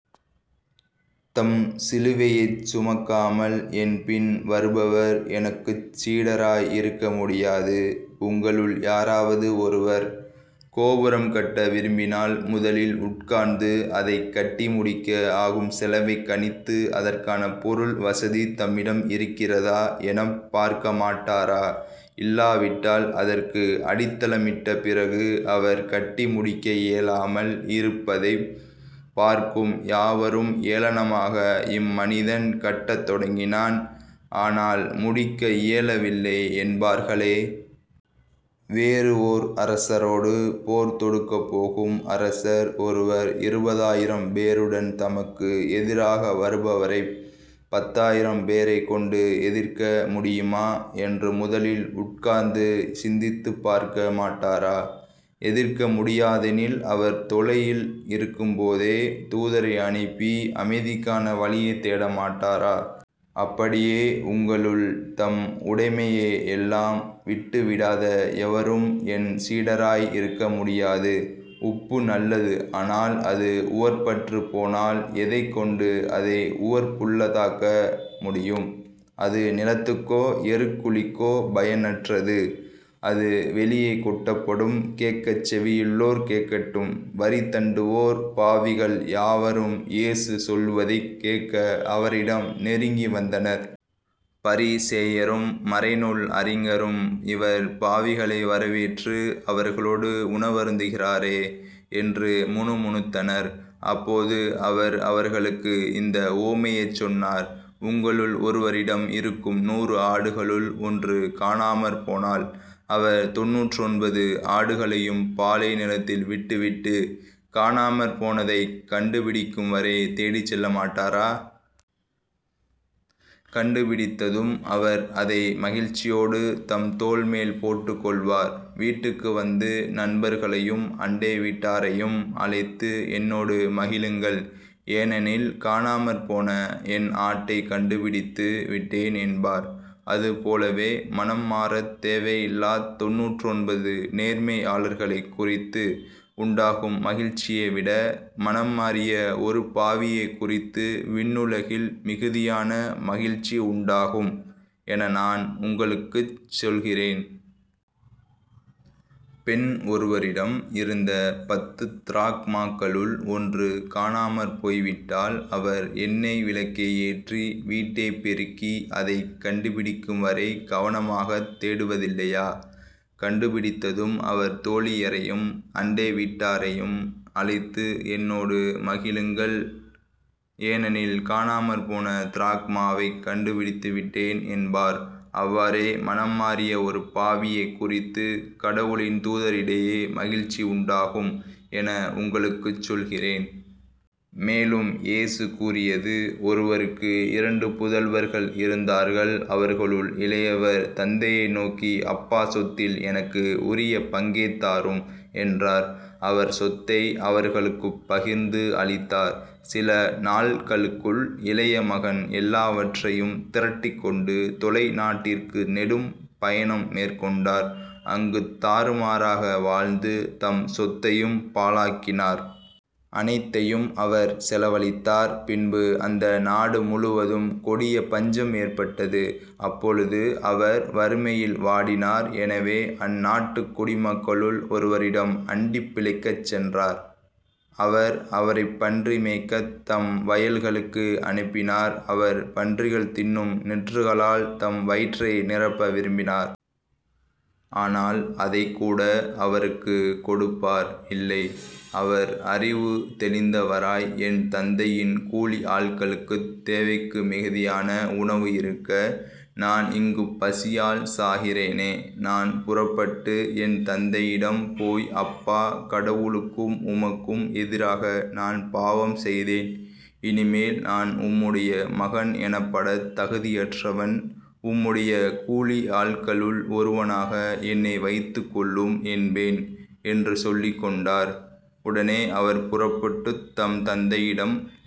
தம் சிலுவையைச் சுமக்காமல் என் பின் வருபவர் எனக்குச் சீடராய் இருக்கமுடியாது. உங்களுள் யாராவது ஒருவர் கோபுரம் கட்ட விரும்பினால் முதலில் உட்கார்ந்து அதைக் கட்டிமுடிக்க ஆகும் செலவைக் கணித்து அதற்கான பொருள் வசதி தம்மிடம் இருக்கிறதா எனப் பார்க்கமாட்டாரா? இல்லாவிட்டால் அதற்கு அடித்தளமிட்ட பிறகு அவர் கட்டி முடிக்க இயலாமல் இருப்பதைப் பார்க்கும் யாவரும் ஏளனமாக இம்மனிதன் கட்டத் தொடங்கினான் ஆனால் முடிக்க இயலவில்லை என்பார்களே. வேறு ஓர் அரசரோடு போர் தொடுக்கப்போகும் அரசர் ஒருவர் இருபதாயிரம் பேருடன் தமக்கு எதிராக வருபவரைப் பத்தாயிரம் பேரைக் கொண்டு எதிர்க்க முடியுமா என்று முதலில் உட்கார்ந்து சிந்தித்துப் பார்க்க மாட்டாரா? எதிர்க்க முடியாதெனில் அவர் தொலையில் இருக்கும்போதே தூதரை அனுப்பி அமைதிக்கான வழியைத் தேட மாட்டாரா? அப்படியே உங்களுள் தம் உடைமையையெல்லாம் விட்டுவிடாத எவரும் என் சீடராய் இருக்க முடியாது. உப்பு நல்லது ஆனால் அது உவர்ப்பற்றுப் போனால் எதைக் கொண்டு அதை உவர்ப்புள்ளதாக்க முடியும்? அது நிலத்துக்கோ எருக்குழிக்கோ பயனற்றது. அது வெளியே கொட்டப்படும். கேட்கச் செவியுள்ளோர் கேட்கட்டும். வரிதண்டுவோர் பாவிகள் யாவரும் இயேசு சொல்வதைக் கேட்க அவரிடம் நெருங்கிவந்தனர். பரிசேயரும் மறைநூல் அறிஞரும் இவர் பாவிகளை வரவேற்று அவர்களோடு உணவருந்துகிறாரே என்று முணுமுணுத்தனர். அப்போது அவர் அவர்களுக்கு இந்த உவமையைச் சொன்னார் உங்களுள் ஒருவரிடம் இருக்கும் நூறு ஆடுகளுள் ஒன்று காணாமற் போனால் அவர் தொண்ணூற்றொன்பது ஆடுகளையும் பாலை நிலத்தில் விட்டுவிட்டு காணாமற் போனதைக் கண்டுபிடிக்கும் வரை தேடிச்செல்ல மாட்டாரா? கண்டுபிடித்ததும் அவர் அதை மகிழ்ச்சியோடு தம் தோள்மேல் போட்டுக் கொள்வார் வீட்டுக்கு வந்து நண்பர்களையும் அண்டை வீட்டாரையும் அழைத்து என்னோடு மகிழுங்கள். ஏனெனில் காணாமற்போன என் ஆட்டைக் கண்டுபிடித்து விட்டேன் என்பார். அதுபோலவே மனம் மாறத் தேவையில்லாத் தொண்ணூற்றொன்பது நேர்மையாளர்களைக் குறித்து உண்டாகும் மகிழ்ச்சியை விட மனம் மாறிய ஒரு பாவியைக் குறித்து விண்ணுலகில் மிகுதியான மகிழ்ச்சி உண்டாகும் என நான் உங்களுக்குச் சொல்கிறேன். பெண் ஒருவரிடம் இருந்த பத்துத் திராக்மாக்களுள் ஒன்று காணாமற் போய்விட்டால் அவர் எண்ணெய் விளக்கை ஏற்றி வீட்டைப் பெருக்கி அதைக் கண்டுபிடிக்கும்வரை கவனமாகத் தேடுவதில்லையா? கண்டுபிடித்ததும் அவர் தோழியரையும் அண்டை வீட்டாரையும் அழைத்து என்னோடு மகிழுங்கள் ஏனெனில் காணாமற் போன திராக்மாவைக் கண்டுபிடித்துவிட்டேன் என்பார். அவ்வாறே மனம் மாறிய ஒரு பாவியைக் குறித்துக் கடவுளின் தூதரிடையே மகிழ்ச்சி உண்டாகும் என உங்களுக்குச் சொல்கிறேன். மேலும் இயேசு கூறியது ஒருவருக்கு இரண்டு புதல்வர்கள் இருந்தார்கள். அவர்களுள் இளையவர் தந்தையை நோக்கி அப்பா சொத்தில் எனக்கு உரிய பங்கைத் தாரும் என்றார். அவர் சொத்தை அவர்களுக்குப் பகிர்ந்து அளித்தார். சில நாள்களுக்குள் இளைய மகன் எல்லாவற்றையும் திரட்டிக்கொண்டு தொலை நாட்டிற்கு நெடும் பயணம் மேற்கொண்டார் அங்குத் தாறுமாறாக வாழ்ந்து தம் சொத்தையும் பாழாக்கினார். அனைத்தையும் அவர் செலவழித்தார். பின்பு அந்த நாடு முழுவதும் கொடிய பஞ்சம் ஏற்பட்டது. அப்பொழுது அவர் வறுமையில் வாடினார் எனவே அந்நாட்டுக் குடிமக்களுள் ஒருவரிடம் அண்டிப் பிழைக்கச் சென்றார். அவர் அவரைப் பன்றி மேய்க்கத் தம் வயல்களுக்கு அனுப்பினார். அவர் பன்றிகள் தின்னும் நெற்றுகளால் தம் வயிற்றை நிரப்ப விரும்பினார். ஆனால் அதைக்கூட அவருக்குக் கொடுப்பார் இல்லை. அவர் அறிவு தெளிந்தவராய் என் தந்தையின் கூலியாள்களுக்குத் தேவைக்கு மிகுதியான உணவு இருக்க நான் இங்குப் பசியால் சாகிறேனே. நான் புறப்பட்டு என் தந்தையிடம் போய் அப்பா கடவுளுக்கும் உமக்கும் எதிராக நான் பாவம் செய்தேன் இனிமேல் நான் உம்முடைய மகன் எனப்படத் தகுதியற்றவன் உம்முடைய கூலியாள்களுள் ஒருவனாக என்னை வைத்துக் கொள்ளும் என்பேன் என்று சொல்லிக்கொண்டார். உடனே அவர் புறப்பட்டுத் தம் தந்தையிடம்